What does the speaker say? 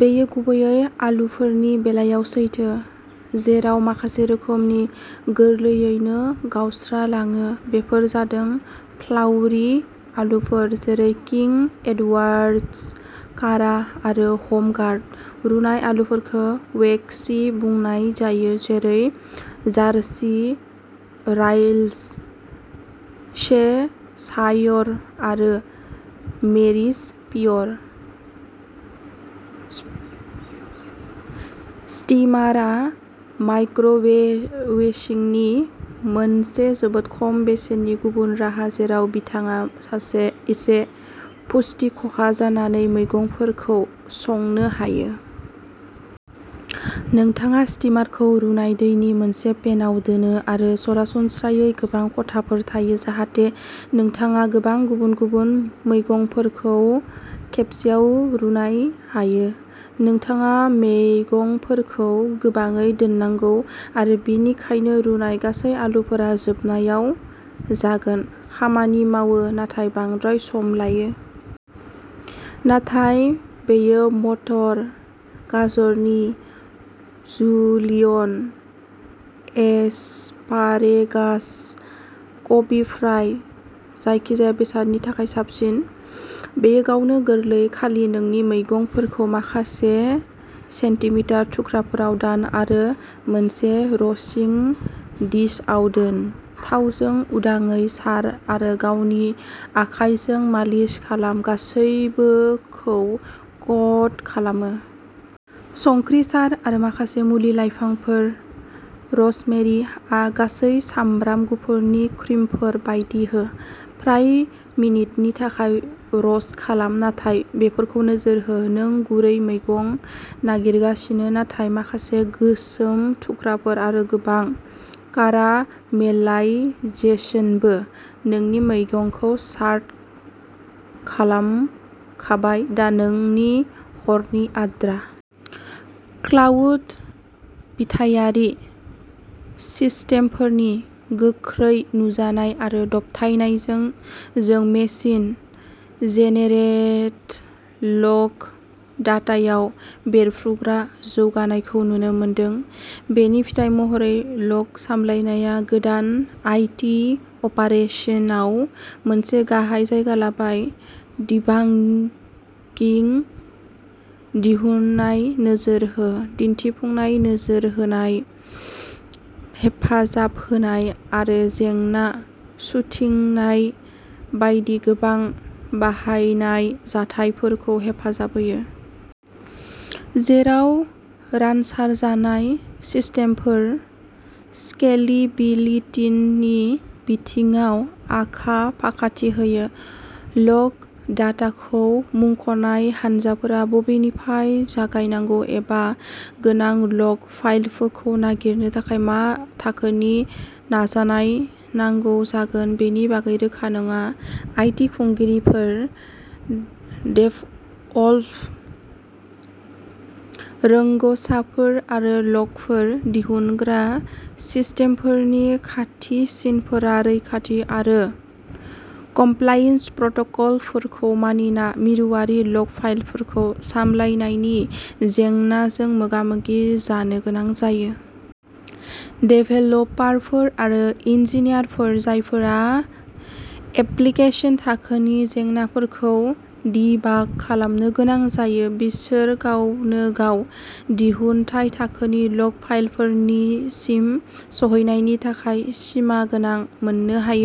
बेयो गुबैयै आलुफोरनि बेलायाव सैथो, जेराव माखासे रोखोमफोरा गोरलैयैनो गावस्रालाङो। बेफोर जादों'फ्लाउरि'आलुफोर जेरै किं एडवार्ड्स, कारा आरो हम गार्ड। रुनाय आलुफोरखौ'वेक्सि'बुंनाय जायो-जेरै जार्सि रायल्स, चेशायर आरो मेरिस पीयर। स्टीमारआ माइक्र'वेभिंनि मोनसे जोबोद खम बेसेननि गुबुन राहा, जेराव नोंथाङा इसे पुष्टि खहा जानानै मैगंफोरखौ संनो हायो। नोंथाङा स्टीमारखौ रुनाय दैनि मोनसे पेनआव दोनो, आरो सरासनस्रायै गोबां खथाफोर थायो जाहाथे नोंथाङा गोबां गुबुन-गुबुन मैगंफोरखौ खेबसेआव रुनाय हायो। नोंथाङा मैगंफोरखौ गोबाङै दाननांगौ, आरो बेनिखायनो रुनाय गासै आलुफोरा जोबनायाव जागोन। खामानि मावो, नाथाय बांद्राय सम लायो। नाथाय बेयो मटर, गाजरनि जुलियन, एस्पारेगास, कबि-फ्राय जायखिजाया बेसादनि थाखाय साबसिन। बेयो गावनो गोरलै। खालि नोंनि मैगंफोरखौ माखासे सेन्टिमिटार थुख्राफोराव दान आरो मोनसे रस्टिं डिशआव दोन। थावजों उदाङै सार आरो गावनि आखाइजों मालिस खालाम गासैबोखौ क'ट खालामनो। संख्रि सार आरो माखासे मुलि-लाइफांफोर, र'जमेरि, गासै सामब्राम गुफुरनि क्रिमफोर बायदि हो। फ्राय मिनिटनि थाखाय र'स्ट खालाम, नाथाय बेफोरखौ नोजोर हो। नों गुरै मैगं नागिरगासिनो, नाथाय माखासे गोसोम थुख्राफोर आरो गोबां कारामेलाइजेसनबो। नोंनि मैगंखौ सार्ट खालामखाबाय, दा नोंनि हरनि आद्रा! क्लाउड-बिथायारि सिस्टेमफोरनि गोख्रै नुजानाय आरो दबथायनायजों, जों मेसिन-जेनेरेटेड लग डाटायाव बेरफ्रुग्रा जौगानायखौ नुनो मोनदों। बेनि फिथाय महरै, लग सामलायनाया गोदान आइ. टि. अपारेसनाव मोनसे गाहाय जायगा जाबाय, डिबागिं, दिहुनथाय नोजोर होनाय, दिन्थिफुंनाय नोजोर होनाय, हेफाजाब होनाय आरो जेंना सुथिंनाय बायदि गोबां बाहायनाय जाथायफोरखौ हेफाजाब होयो। जेराव रानसारजानाय सिस्टेमफोरा स्केलिबिलितिनि बिथिङाव आखा-फाखाथि होयो, लग डाटाखौ मुंख'नाय हानजाफोरा बबेनिफ्राय जागायनांगौ एबा गोनां लग फाइलफोरखौ नागिरनो थाखाय मा थाखोनि नाजानाय नांगौ जागोन बेनि बागै रोखा नङा। आइ. टि. खुंगिरिफोर, डेभअप्स रोंग'साफोर आरो लगफोर दिहुनग्रा सिस्टेमफोरनि खाथिसिनफोरा रैखाथि आरो कमप्लायन्स प्रट'कलफोरखौ मानिना मिरुआरि लग फाइलफोरखौ सामलायनायनि जेंनाजों मोगा-मोगि जानो गोनां जायो। देभेलपारफोर आरो इन्जिनियारफोर जायफोरा एप्लिकेसन-थाखोनि जेंनाफोरखौ डिबाग खालामनो गोनां जायो, बिसोर गावनोगाव दिहुनथाय-थाखोनि लग फाइलफोरसिम सौहैनायनि थाखाय सिमागोनां मोननो हायो।